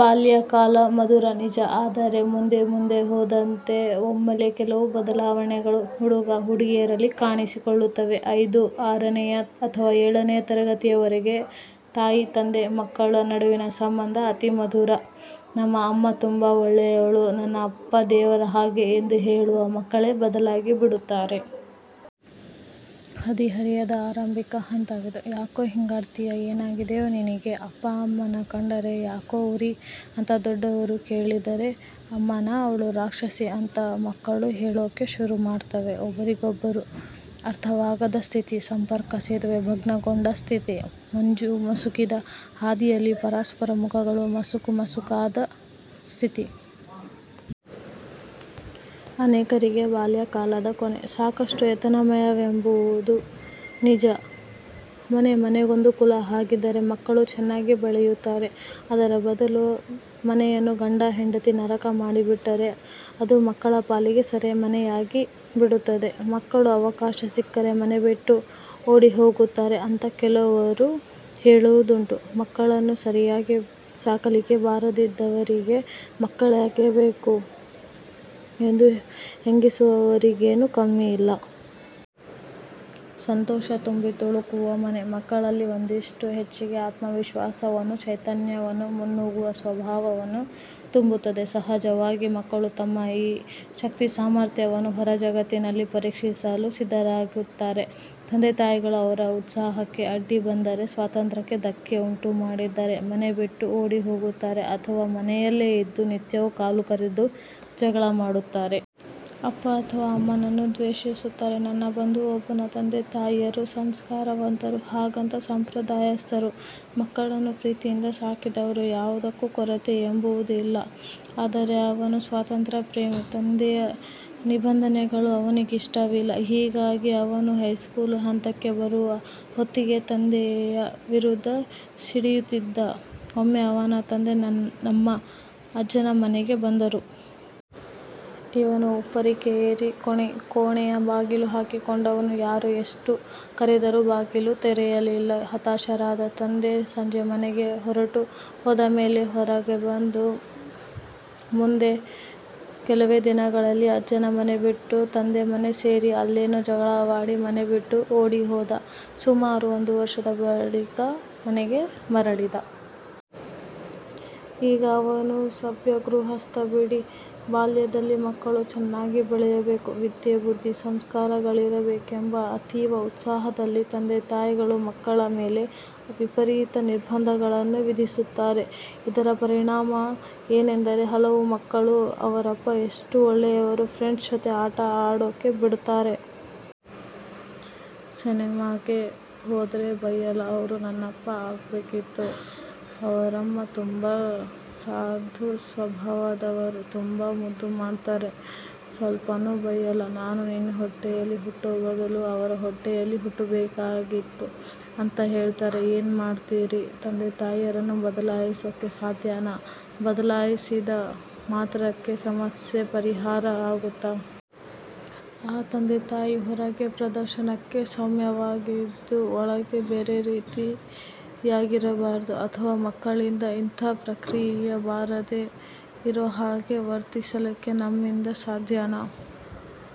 ಬಾಲ್ಯಕಾಲ ಮಧುರ ನಿಜ, ಆದರೆ ಮುಂದೆ ಮುಂದೆ ಹೋದಂತೆ ಒಮ್ಮೆಲೆ ಕೆಲವು ಬದಲಾವಣೆಗಳು ಹುಡುಗ-ಹುಡುಗಿಯರಲ್ಲಿ ಕಾಣಿಸಿಕೊಳ್ಳುತ್ತವೆ. ಐದು ಆರನೆಯ ಅಥವಾ ಏಳನೆಯ ತರಗತಿವರೆಗೆ ತಾಯಿ-ತಂದೆ ಮಕ್ಕಳ ನಡುವಿನ ಸಂಬಂಧ ಅತಿಮಧುರ. "ನನ್ನ ಅಮ್ಮ ತುಂಬ ಒಳ್ಳೆಯವಳು", "ನನ್ನಪ್ಪ ದೇವರ ಹಾಗೆ" ಎಂದು ಹೇಳುವ ಮಕ್ಕಳೇ ಬದಲಾಗಿಬಿಡುತ್ತಾರೆ. ಹದಿಹರೆಯದ ಆರಂಭಿಕ ಹಂತವಿದು. "ಯಾಕೋ ಹೀಗಾಡ್ತೀಯಾ? ಏನಾಗಿದ್ದಯೋ ನಿನಗೆ! ಅಪ್ಪ ಅಮ್ಮನ್ನ ಕಂಡ್ರೆ ಯಾಕೋ ಉರಿ?" ಅಂತ ದೊಡ್ಡವರು ಕೇಳಿದರೆ "ಅಮ್ಮನಾ ಅವ್ಳು ರಾಕ್ಷಸಿ" ಅಂತ ಮಕ್ಕಳು ಹೇಳೋಕೆ ಶುರುಮಾಡ್ತವೆ. ಒಬ್ಬರಿಗೊಬ್ಬರು ಅರ್ಥವಾಗದ ಸ್ಥಿತಿ. ಸಂಪರ್ಕಸೇತುವೆ ಭಗ್ನಗೊಂಡ ಸ್ಥಿತಿ. ಮಂಜು ಮುಸುಕಿದ ಹಾದಿಯಲ್ಲಿ ಪರಸ್ಪರ ಮುಖಗಳು ಮಸುಕು ಮಸುಕಾದ ಸ್ಥಿತಿ. ಅನೇಕರಿಗೆ ಬಾಲ್ಯಕಾಳದ ಕೊನೆ. ಸಾಕಷ್ಟು ಯಾತನಾಮಯವೆಂಬು ನಿಜ. ಮನೆ ನಂದಗೋಕುಲದ ಹಾಗಿದ್ದರೆ ಮಕ್ಕಳು ಚೆನ್ನಾಗಿ ಬೆಳೆಯುತ್ತವೆ. ಅದರ ಬದಲು ಮನೆಯನ್ನು ಗಂಡ-ಹೆಂಡತಿ ನರಕ ಮಾಡಿಬಿಟ್ಟರೆ ಅದು ಮಕ್ಕಳ ಪಾಲಿಗೆ ಸೆರಮನೆಯಾಗಿ ಬಿಡುತ್ತದೆ. ಮಕ್ಕಳು ಅವಕಾಶ ಸಿಕ್ಕರೆ ಮನೆಬಿಟ್ಟು ಓಡಿಹೋಗುತ್ತಾರೆ ಅಂತ ಕೆಲವರು ಹೇಳುವುದುಂಟು. "ಮಕ್ಕಳನ್ನು ಸರಿಯಾಗಿ ಸಾಕಲಿಕ್ಕೆ ಬಾರದಿದ್ದವರಿಗೆ ಮಕ್ಕಳ್ಯಾಕೆ ಬೇಕು" ಎಂದು ಹಂಗಿಸುವವರಿಗೇನೂ ಕಮ್ಮಿಯಿಲ್ಲ. ಸಂತೋಷ ತುಂಬಿತುಳುಕುವ ಮನೆ ಮಕ್ಕಳಲ್ಲಿ ಒಂದಿಷ್ಟು ಹೆಚ್ಚಿಗೆ ಆತ್ಮವಿಶ್ವಾಸವನ್ನು, ಚೈತನ್ಯವನ್ನು, ಮುನ್ನುಗ್ಗುವ ಸ್ವಭಾವವನ್ನು ತುಂಬುತ್ತದೆ. ಸಹಜವಾಗಿ ಮಕ್ಕಳು ತಮ್ಮ ಈ ಶಕ್ತಿಸಾಮರ್ಥ್ಯಗಳನ್ನು ಹೊರಜಗತ್ತಿನಲ್ಲಿ ಪರೀಕ್ಷಿಸಲು ಸಿದ್ಧರಾಗುತ್ತಾರೆ. ತಂದೆತಾಯಿಗಳು ಅವರ ಉತ್ಸಾಹಕ್ಕೆ ಅಡ್ಡಿಬಂದರೆ, ಸ್ವಾತಂತ್ಯ್ರಕ್ಕೆ ಧಕ್ಕೆ ಉಂಟುಮಾಡಿದರೆ ಮನೆಬಿಟ್ಟು ಓಡಿಹೋಗುತ್ತಾರೆ ಅಥವಾ ಮನೆಯಲ್ಲೇ ಇದ್ದು ನಿತ್ಯವೂ ಕಾಲುಕೆರೆದು ಜಗಳ ಮಾಡುತ್ತಾರೆ. ಅಪ್ಪ ಅಥವಾ ಅಮ್ಮನನ್ನು ದ್ವೇಷಿಸುತ್ತಾರೆ. ನನ್ನ ಬಂಧುವೊಬ್ಬನ ತಂದೆತಾಯಿ ಸಂಸ್ಕಾರವಂತರು. ಹಾಗಂತ ಸಂಪ್ರದಾಯಸ್ಥರು. ಮಕ್ಕಳನ್ನು ಪ್ರೀತಿಯಿಂದ ಸಾಕಿದವರು. ಯಾವುದಕ್ಕೂ ಕೊರತೆ ಎಂಬುದಿಲ್ಲ. ಆದರೆ ಅವನು ಸ್ವಾತಂತ್ಯ್ರ ಪ್ರೇಮಿ. ತಂದೆಯ ನಿಬಂಧನೆಗಳು ಅವನಿಗಿಷ್ಟವಿಲ್ಲ. ಹೀಗಾಗಿ ಅವನು ಹೈಸ್ಕೂಲು ಹಂತಕ್ಕೆ ಬರುವ ಹೊತ್ತಿಗೆ ತಂದೆಯ ವಿರುದ್ಧ ಸಿಡಿಯುತ್ತಿದ್ದ. ಒಮ್ಮೆ ಅವನ ತಂದೆ ನಮ್ಮ ಅಜ್ಜನ ಮನೆಗೆ ಬಂದರು. ಇವನು ಉಪ್ಪರಿಗೆ ಏರಿ ಕೋಣೆಯ ಬಾಗಿಲು ಹಾಕಿಕೊಂಡವನು ಯಾರು ಎಷ್ಟು ಕರೆದರೂ ಬಾಗಿಲು ತೆರೆಯಲಿಲ್ಲ. ಹತಾಶರಾದ ತಂದೆ ಸಂಜೆ ಮನೆಗೆ ಹೊರಟು ಹೋದಮೇಲೆ ಹೊರಗೆಬಂದ. ಮುಂದೆ ಕೆಲವೇ ದಿನಗಳಲ್ಲಿ ಅಜ್ಜನ ಮನೆಬಿಟ್ಟು ತಂದೆಮನೆ ಸೇರಿ ಅಲ್ಲೇನೋ ಜಗಳವಾಗಿ ಮನೆಬಿಟ್ಟು ಓಡಿ ಹೋದ. ಸುಮಾರು ಒಂದು ವರ್ಷದ ಬಳಿಕ ಮನೆಗೆ ಮರಳಿದ. ಈಗ ಅವನು ಸಭ್ಯ ಗೃಹಸ್ಥ ಬಿಡಿ ಬಾಲ್ಯದಲ್ಲಿ ಮಕ್ಕಳು ಚೆನ್ನಾಗಿ ಬೆಳೆಯಬೇಕು. ವಿದ್ಯೆ ಬುದ್ಧಿ ಸಂಸ್ಕಾರ ಗಳಿಸಬೇಕೆಂಬ ಅತೀವ ಉತ್ಸಾಹದಲ್ಲಿ ತಂದೆತಾಯಿಗಳು ಮಕ್ಕಳ ಮೇಲೆ ವಿಪರೀತ ನಿರ್ಬಂಧಗಳನ್ನು ವಿಧಿಸುತ್ತಾರೆ. ಇದರ ಪರಿಣಾಮ ಏನೆಂದರೆ ಹಲವು ಮಕ್ಕಳು "ಅವರಪ್ಪ ಎಷ್ಟು ಒಳ್ಳೆಯವರು. ಫ್ರೆಂಡ್ಸ್ ಜೊತ ಆಟ ಆಡೋಕೆ ಬಿಡ್ತಾರೆ. ಸಿನೆಮಾಕ್ಕೆ ಹೋದ್ರೆ ಬಯ್ಯಲ್ಲ. ಅವರು ನನ್ನಪ್ಪ ಆಗಬೇಕಿತ್ತು". "ಅವರಮ್ಮ ತುಂಬ ಸಾಧು ಸ್ವಭಾವದವರು. ತುಂಬ ಮುದ್ದುಮಾಡ್ತಾರೆ. ಸ್ವಲ್ಪಾನೂ ಬೈಯಲ್ಲ. ನಾನು ನಿನ್ನ ಹೊಟ್ಟೇಲಿ ಹುಟ್ಟೋ ಬದ್ಲು ಅವ್ರ ಹೊಟ್ಟೇಲಿ ಹುಟ್ಬೇಕಾಗಿತ್ತು ಅಂತ ಹೇಳ್ತಾರೆ. ಏನ್ಮಾಡ್ತೀರಿ ತಂದೆತಾಯಿಯನ್ನು ಬದಲಾಯಿಸೋಕೆ ಸಾಧ್ಯನಾ, ಬದಲಾಯಿಸಿದ ಮಾತ್ರಕ್ಕೆ ಸಮಸ್ಯೆ ಪರಿಹರ ಆಗುತ್ತಾ? ಆ ತಂದೆತಾಯಿ ಹೊರಗೆ ಪ್ರದರ್ಶನಕ್ಕೆ ಸೌಮ್ಯವಾಗಿದ್ದು ಒಳಗೆ ಬೇರೆ ರೀತಿ ಯಾಕಿರಬಾರ್ದು, ಅಥವಾ ಮಕ್ಕಳಿಂದ ಇಂಥ ಪ್ರತಿಕ್ರಿಯೆ ಬರದೆ ಇರೋ ಹಾಗೆ ವರ್ತಿಸಲಿಕ್ಕೆ ನಮ್ಮಿಂದ ಸಾಧ್ಯನ?